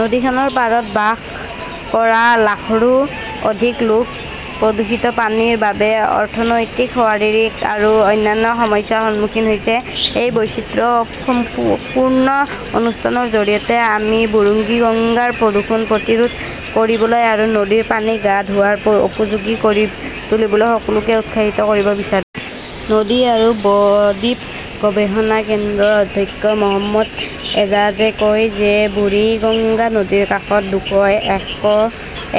নদীখনৰ পাৰত বাস কৰা লাখৰো অধিক লোক প্ৰদূষিত পানীৰ বাবে অৰ্থনৈতিক, শাৰীৰিক আৰু অন্যান্য সমস্যাৰ সন্মুখীন হৈছে। এই বৈচিত্ৰপূৰ্ণ অনুষ্ঠানৰ জৰিয়তে আমি বুৰিগঙ্গাৰ প্ৰদূষণ প্ৰতিৰোধ কৰিবলৈ আৰু নদীখনৰ পানী গা ধোৱাৰ উপযোগী কৰি তুলিবলৈ সকলোকে উৎসাহিত কৰিব বিচাৰো। নদী আৰু ব-দ্বীপ গৱেষণা কেন্দ্ৰৰ অধ্যক্ষ মহম্মদ এজাজে কয় যে বুৰিগঙ্গা নদীৰ কাষত দুশ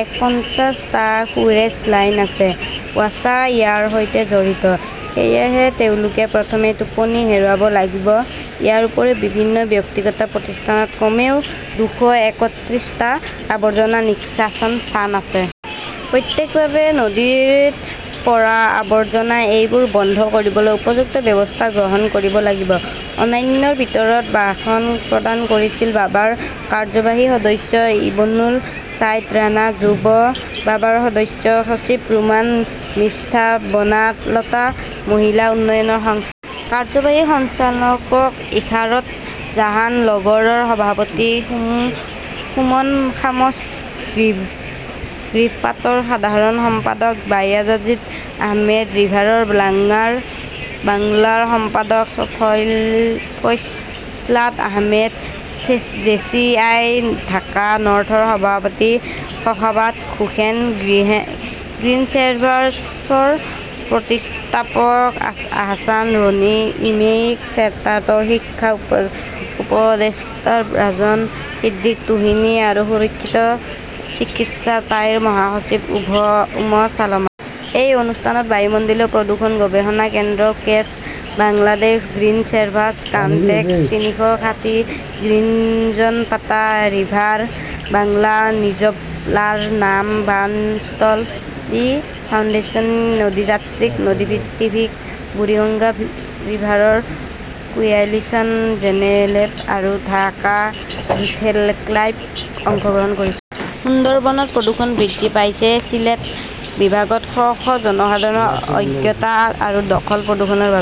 একপঞ্চাশ টা সুৱেৰেজ লাইন আছে। ৱাছা ইয়াৰ সৈতে জড়িত। সেয়েহে তেওঁলোকে প্ৰথমে টোপনি হেৰুৱাব লাগিব। ইয়াৰ উপৰিও বিভিন্ন ব্যক্তিগত প্ৰতিষ্ঠানত কমেও দুশ একত্ৰিশ টা আৱৰ্জনা নিষ্কাশন স্থান আছে। প্ৰত্যক্ষভাৱে নদীত পৰা আৱৰ্জনা। এইবোৰ বন্ধ কৰিবলৈ উপযুক্ত ব্যৱস্থা গ্ৰহণ কৰিব লাগিব। অন্যান্যৰ ভিতৰত ভাষণ প্ৰদান কৰিছিল বাবাৰ কাৰ্যবাহী সদস্য ইবনুল ছাইদ ৰাণা, যুৱ বাবাৰ সদস্য সচিব ৰোমান স্মিতা, বনালতা মহিলা উন্নয়ন সংস্থাৰ কাৰ্যবাহী সঞ্চালক ইশৰাত জাহান, লংগৰৰ সভাপতি সুমন শামছ, গ্ৰীভপাটৰ সাধাৰণ সম্পাদক বায়াজিদ আহমেদ, ৰিভাৰ বাংলাৰ সম্পাদক ফয়ছাল আহমেদ, জেচিআই ঢাকা নৰ্থৰ সভাপতি শখাৱত হোসেন, গ্ৰীণ ছেভাৰ্ছৰ প্ৰতিষ্ঠাপক আহছান ৰনী, ইএমকে চেণ্টাৰৰ শিক্ষা উপদেষ্টা ৰাজন সিদ্দিকী টুহিন আৰু সুৰক্ষিত চিকিৎসা চাইৰ মহাসচিব উম ছালমা। এই অনুষ্ঠানত বায়ুমণ্ডলীয় প্ৰদূষণ গৱেষণা কেন্দ্ৰ, কেচ বাংলাদেশ, গ্ৰীণ ছেভাৰ্ছ, কানেক্ট তিনিশ ষাঠি গ্ৰীজনপাতা, ৰিভাৰ বাংলা, নিজ-ব 'লাৰ নাম ৱান ষ্ট' লি ফাউণ্ডেশ্যন, নদীযাত্ৰিক, নদী টিভি, বুৰিগঙ্গা ৰিভাৰ কোয়ালিশ্যন, জেনলেব আৰু ঢাকা য়ুথ ক্লাবে অংশগ্ৰহণ কৰিছিল। সুন্দৰবনত প্ৰদূষণ বৃদ্ধি পাইছে ছিলেট বিভাগত শ শ জনসাধাৰণৰ অজ্ঞতা আৰু দখল-প্ৰদূষণৰ বাবে